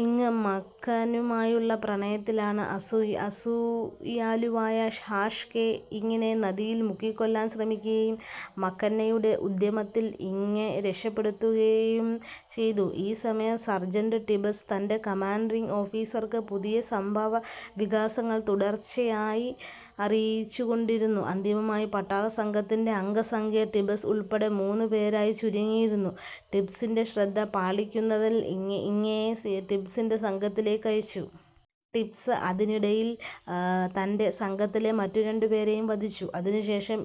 ഇങ് മക്കന്നായുമായി പ്രണയത്തിലായി. അസൂയാലുവായ hash K ഇങയെ നദിയിൽ മുക്കിക്കൊല്ലാൻ ശ്രമിക്കുകയും മക്കന്നയുടെ ഉദ്യമത്തിൽ ഇങ രക്ഷപ്പെടുത്തപ്പെടുകയും ചെയ്തു. ഈ സമയം സർജന്റ് ടിബ്സ് തൻ്റെകമാൻഡിംഗ് ഓഫീസർക്ക് പുതിയ സംഭവവികാസങ്ങൾ തുടർച്ചയായി അറിയിച്ചുകൊണ്ടിരുന്നു. അന്തിമമായി പട്ടാളസംഘത്തിൻ്റെഅംഗസംഖ്യ ടിബ്സ് ഉൾപ്പെടെ മൂന്ന് പേരായി ചുരുങ്ങിയിരുന്നു. ടിബ്സിൻ്റെ ശ്രദ്ധ പാളിക്കുന്നതിനായി ഇങയെ ടിബ്സിൻ്റെസംഘത്തിലേക്ക് അയച്ചു. ടിബ്സ് അതിനിടെ തൻ്റെസംഘത്തിലെ മറ്റു രണ്ട് പേരെയും വധിച്ചു. അതിനു ശേഷം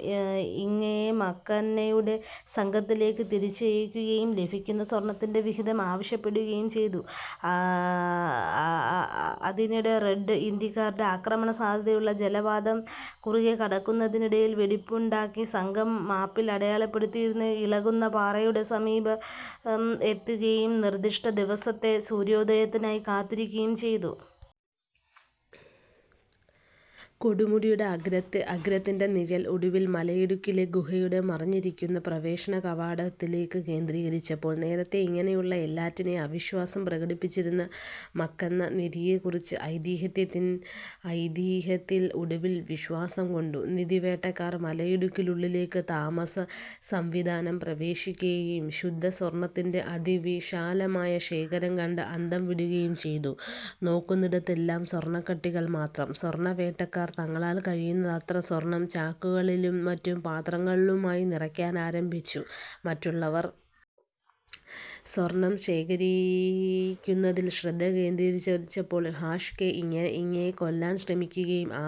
ഇങയെ മക്കന്നയുടെ സംഘത്തിലേക്ക് തിരിച്ചയക്കുകയും ലഭിക്കുന്ന സ്വർണത്തിൻ്റെ വിഹിതം ആവശ്യപ്പെടുകയും ചെയ്തു. അതിനിടെ റെഡ് ഇന്ത്യക്കാരുടെ ആക്രമണസാധ്യതയുള്ള ജലപാതം കുറുകെ കടക്കുന്നതിനിടയിൽ വെടിവെപ്പുണ്ടായി. സംഘം മാപ്പിൽ അടയാളപ്പെടുത്തിയിരുന്ന ഇളകുന്ന പാറയുടെ സമീപം എത്തുകയും നിർദിഷ്ട ദിവസത്തെ സൂര്യോദയത്തിനായി കാത്തിരിക്കുകയും ചെയ്തു. കൊടുമുടിയുടെ അഗ്രത്തിൻ്റെനിഴൽ ഒടുവിൽ മലയിടുക്കിലെ ഗുഹയുടെ മറഞ്ഞിരിക്കുന്ന പ്രവേശനകവാടത്തിലേക്ക് കേന്ദ്രീകരിച്ചപ്പോൾ, നേരത്തേ ഇങ്ങനെയുള്ള എല്ലാറ്റിലും അവിശ്വാസം പ്രകടിപ്പിച്ചിരുന്ന മക്കന്ന നിധിയെക്കുറിച്ചുള്ള ഐതിഹ്യത്തിൽ ഒടുവിൽ വിശ്വാസം കൊണ്ടു. നിധിവേട്ടക്കാർ മലയിടുക്കിനുള്ളിലേക്ക് താമസംവിനാ പ്രവേശിക്കുകയും ശുദ്ധസ്വർണത്തിൻ്റെ അതിവിശാലമായ ശേഖരം കണ്ട് അന്തംവിടുകയും ചെയ്തു. നോക്കുന്നിടത്തെല്ലാം സ്വർണക്കട്ടികൾ മാത്രം. സ്വർണവേട്ടക്കാർ തങ്ങളാൽ കഴിയുന്നത്ര സ്വർണം ചാക്കുകളിലും മറ്റു പാത്രങ്ങളിലുമായി നിറയ്ക്കാൻ ആരംഭിച്ചു. മറ്റുള്ളവർ സ്വർണം ശേഖരിക്കുന്നതിൽ ശ്രദ്ധ കേന്ദ്രീകരിച്ചപ്പോൾ ഹാഷ് കെ ഇങയെ കൊല്ലാൻ ശ്രമിക്കുകയും ആ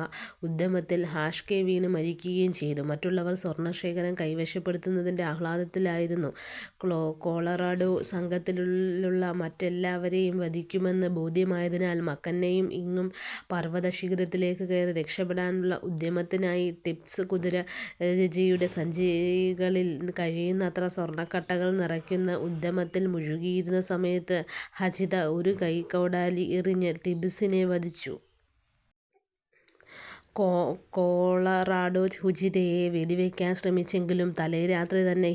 ഉദ്യമത്തിൽ ഹാഷ് കെ വീണ് മരിക്കുകയും ചെയ്തു. മറ്റുള്ളവർ സ്വർണശേഖരം കൈവശപ്പെടുത്തുന്നതിൻ്റെ ആഹ്ലാദത്തിലായിരുന്നു. കൊളറാഡോ സംഘത്തിലുള്ള മറ്റെല്ലാവരെയും വധിക്കുമെന്ന് ബോധ്യമായതിനാൽ മക്കന്നയും ഇങയും പർവതശിഖരത്തിലേക്ക് കയറി രക്ഷപ്പെടാനുള്ള ഉദ്യമത്തിലായി. ടിബ്സ് കുതിരജീനിയുടെ സഞ്ചികളിൽ കഴിയുന്നത്ര സ്വർണക്കട്ടകൾ നിറയ്ക്കുന്ന ഉദ്യമത്തിൽ മുഴുകിയിരുന്ന സമയത്ത് ഹചിത ഒരു കൈക്കോടാലി എറിഞ്ഞ് ടിബ്സിനെ വധിച്ചു. കൊളറാഡോ ഹചിതയെ വെടിവയ്ക്കാൻ ശ്രമിച്ചെങ്കിലും തലേ രാത്രി തന്നെ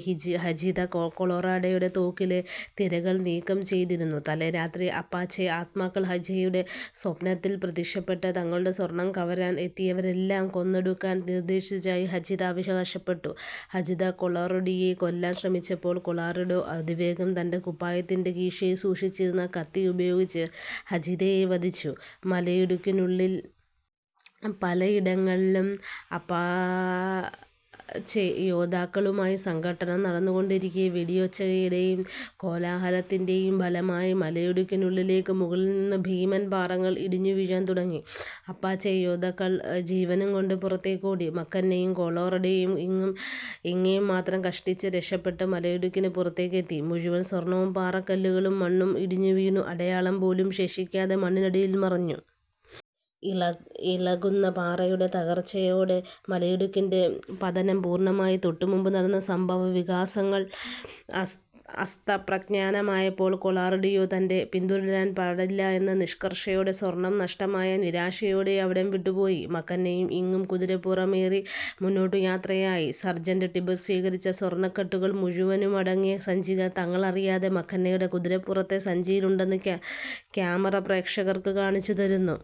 ഹചിത കൊളറാഡോയുടെ തോക്കിലെ തിരകൾ നീക്കം ചെയ്തിരുന്നു. തലേ രാത്രി അപ്പാച്ചെ ആത്മാക്കൾ ഹചിതയുടെ സ്വപ്നത്തിൽ പ്രത്യക്ഷപ്പെട്ട് തങ്ങളുടെ സ്വർണം കവരാൻ എത്തിയവരെയെല്ലാം കൊന്നൊടുക്കാൻ നിർദേശിച്ചതായി ഹചിത അവകാശപ്പെട്ടു. ഹചിത കൊളറാഡോയെ കൊല്ലാൻ ശ്രമിച്ചപ്പോൾ കൊളറാഡോ അതിവേഗം തൻ്റെകുപ്പായത്തിൻ്റെ കീശയിൽ സൂക്ഷിച്ചിരുന്ന കത്തി ഉപയോഗിച്ച് ഹചിതയെ വധിച്ചു. മലയിടുക്കിനുള്ളിൽ പലയിടങ്ങളിലും അപ്പാച്ചെ യോദ്ധാക്കളുമായി സംഘട്ടനം നടന്നുകൊണ്ടിരിക്കെ, വെടിയൊച്ചയുടെയും കോലാഹലത്തിൻ്റെയും ഫലമായി മലയിടുക്കിനുള്ളിലേക്ക് മുകളിൽ നിന്ന് ഭീമൻ പാറകൾ ഇടിഞ്ഞുവീഴാൻ തുടങ്ങി. അപ്പാച്ചെ യോദ്ധാക്കൾ ജീവനും കൊണ്ട് പുറത്തേക്ക് ഓടി. മക്കന്നയും കൊളറാഡോയും ഇങയും മാത്രം കഷ്ടിച്ച് രക്ഷപ്പെട്ട് മലയിടുക്കിന് പുറത്തേക്ക് എത്തി. മുഴുവൻ സ്വർണവും പാറക്കല്ലുകളും മണ്ണും ഇടിഞ്ഞുവീണ് അടയാളം പോലും ശേഷിപ്പിക്കാതെ മണ്ണിനടിയിൽ മറഞ്ഞു. ഇളകുന്ന പാറയുടെ തകർച്ചയോടെ മലയിടുക്കിൻ്റെപതനം പൂർണമായി. തൊട്ടുമുമ്പ് നടന്ന സംഭവവികാസങ്ങളിൽ അസ്തപ്രജ്ഞനായിപ്പോയ കൊളറാഡോ, തന്നെ പിന്തുടരാൻ പാടില്ല എന്ന നിഷ്കർഷയോടെയും സ്വർണം നഷ്ടമായ നിരാശയോടെയും അവിടം വിട്ടുപോയി. മക്കന്നയും ഇങയും കുതിരപ്പുറമേറി മുന്നോട്ടു യാത്രയായി. സർജന്റ് ടിബ്സ് ശേഖരിച്ച സ്വർണക്കട്ടകൾ മുഴുവനുമടങ്ങിയ സഞ്ചികൾ തങ്ങളറിയാതെ മക്കന്നയുടെ കുതിരപ്പുറത്തെ സഞ്ചിയിലുണ്ടെന്ന് ക്യാമറ പ്രേക്ഷകർക്ക് കാണിച്ചുതരുന്നു.